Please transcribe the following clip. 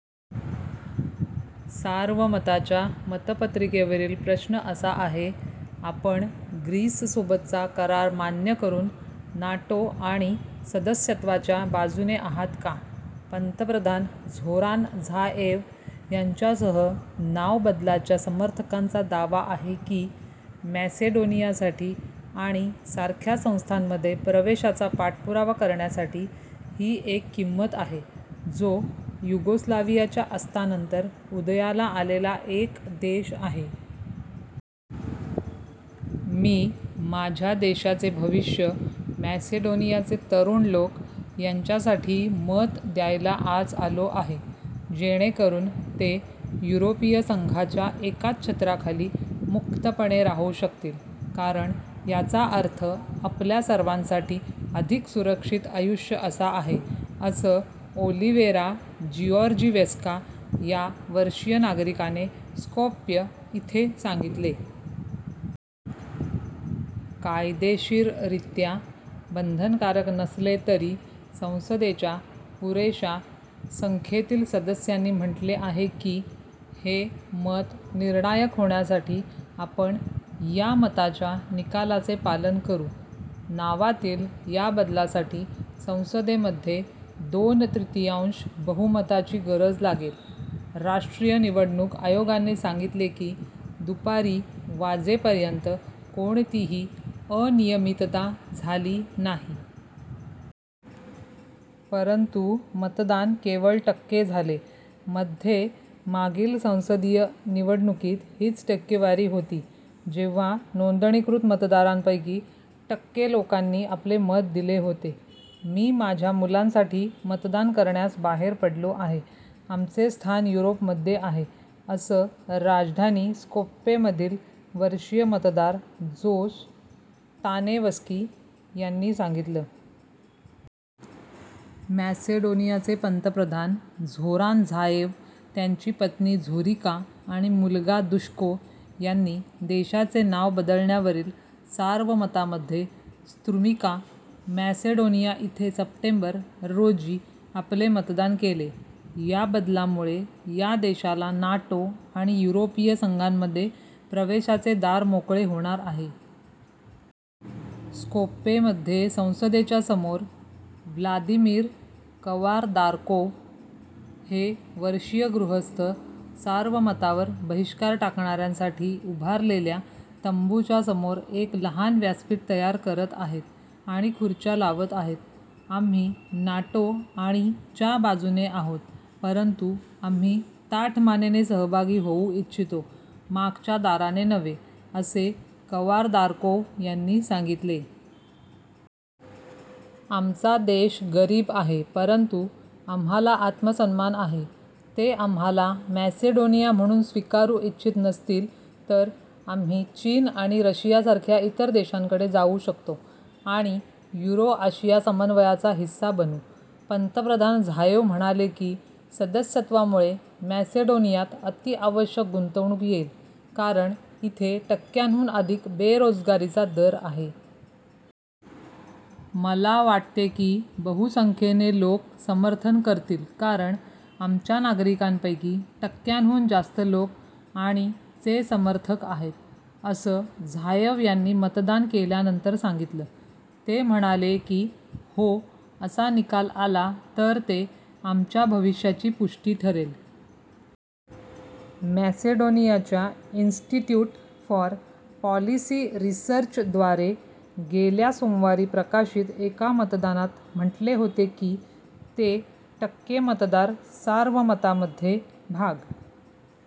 सार्वमताच्या मतपत्रिकेवरील प्रश्न असा आहे: "आपण ग्रीससोबतचा करार मान्य करुन नाटो आणि सदस्यत्वाच्या बाजूने आहात का. " पंतप्रधान झोरान झाएव यांच्यासह, नाव बदलाच्या समर्थकांचा दावा आहे की मॅसेडोनियासाठी आणि सारख्या संस्थांमध्ये प्रवेशाचा पाठपुरावा करण्यासाठी ही एक किंमत आहे, जो युगोस्लावियाच्या अस्तानंतर उदयाला आलेला एक देश आहे. मी माझ्या देशाचे भविष्य, मॅसेडोनियाचे तरुण लोक यांच्यासाठी मत द्यायला आज आलो आहे, जेणेकरुन ते युरोपिय संघाच्या एकाच छत्राखाली मुक्तपणे राहू शकतील कारण याचा अर्थ आपल्या सर्वांसाठी अधिक सुरक्षित आयुष्य असा आहे," असं ओलिवेरा जिऑर्जीवेस्का या वर्षीय नागरिकाने स्कोप्यं इथे सांगितले. कायदेशीररित्या बंधनकारक नसले तरी, संसदेच्या पुरेशा संख्येतील सदस्यांनी म्हटले आहे की हे मत निर्णायक होण्यासाठी आपण या मताच्या निकालाचे पालन करु. नावातील या बदलासाठी संसदेमध्ये दोन-तृतियांश बहुमताची गरज लागेल. राष्ट्रीय निवडणूक आयोगाने सांगितले की दुपारी वाजेपर्यंत कोणतीही अनियमितता झाली नाही. परंतु, मतदान केवळ टक्के झाले, मध्ये मागील संसदीय निवडणुकीत हीच टक्केवारी होती जेव्हा नोंदणीकृत मतदारांपैकी टक्के लोकांनी आपले मत दिले होते. मी माझ्या मुलांसाठी मतदान करण्यास बाहेर पडलो आहे, आमचे स्थान युरोपमध्ये आहे," असं राजधानी, स्कोप्येमधील वर्षीय मतदार, जोस तानेवस्की यांनी सांगितलं. मॅसेडोनियाचे पंतप्रधान झोरान झाएव, त्यांची पत्नी झोरिका आणि मुलगा दुश्को यांनी देशाचे नाव बदलण्यावरील सार्वमतामध्ये स्त्रुमिका, मॅसेडोनिया इथे सप्टेंबर, रोजी आपले मतदान केले. या बदलामुळे या देशाला नाटो आणि युरोपिय संघामध्ये प्रवेशाचे दार मोकळे होणार आहे. स्कोप्येमध्ये संसदेच्या समोर, व्लादीमिर कवारदारकोव हे वर्षीय गृहस्थ, सार्वमतावर बहिष्कार टाकणाऱ्यांसाठी उभारलेल्या तंबूंच्या समोर एक लहान व्यासपीठ तयार करत आहेत आणि खुर्च्या लावत आहेत. आम्ही नाटो आणि च्या बाजूने आहोत, परंतु, आम्ही ताठ मानेने सहभागी होऊ इच्छितो, मागच्या दाराने नव्हे," असे कवारदारकोव यांनी सांगितले. आमचा देश गरीब आहे, परंतु आम्हाला आत्मसन्मान आहे. ते आम्हाला मॅसेडोनिया म्हणून स्विकारु इच्छित नसतील तर, आम्ही चीन आणि रशियासारख्या इतर देशांकडे जाऊ शकतो आणि युरो-आशिया समन्वयाचा हिस्सा बनू. " पंतप्रधान झाएव म्हणाले की सदस्यत्वामुळे मॅसेडोनियात अति आवश्यक गुंतवणूक येईल, कारण इथे टक्क्यांहून अधिक बेरोजगारीचा दर आहे. "मला वाटते की बहुसंख्येने लोक समर्थन करतील कारण आमच्या नागरिकांपैकी टक्क्यांहून जास्त लोक आणि चे समर्थक आहेत," असं झाएव यांनी मतदान केल्यानंतर सांगितलं. ते म्हणाले की "हो" असा निकाल आला तर ते "आमच्या भविष्याची पुष्टि" ठरेल. मॅसेडोनियाच्या इन्स्टिट्युट फॉर पॉलिसी रिसर्चद्वारे गेल्या सोमवारी प्रकाशित एका मतदानात म्हटले होते की ते टक्के मतदार सार्वमतामध्ये भाग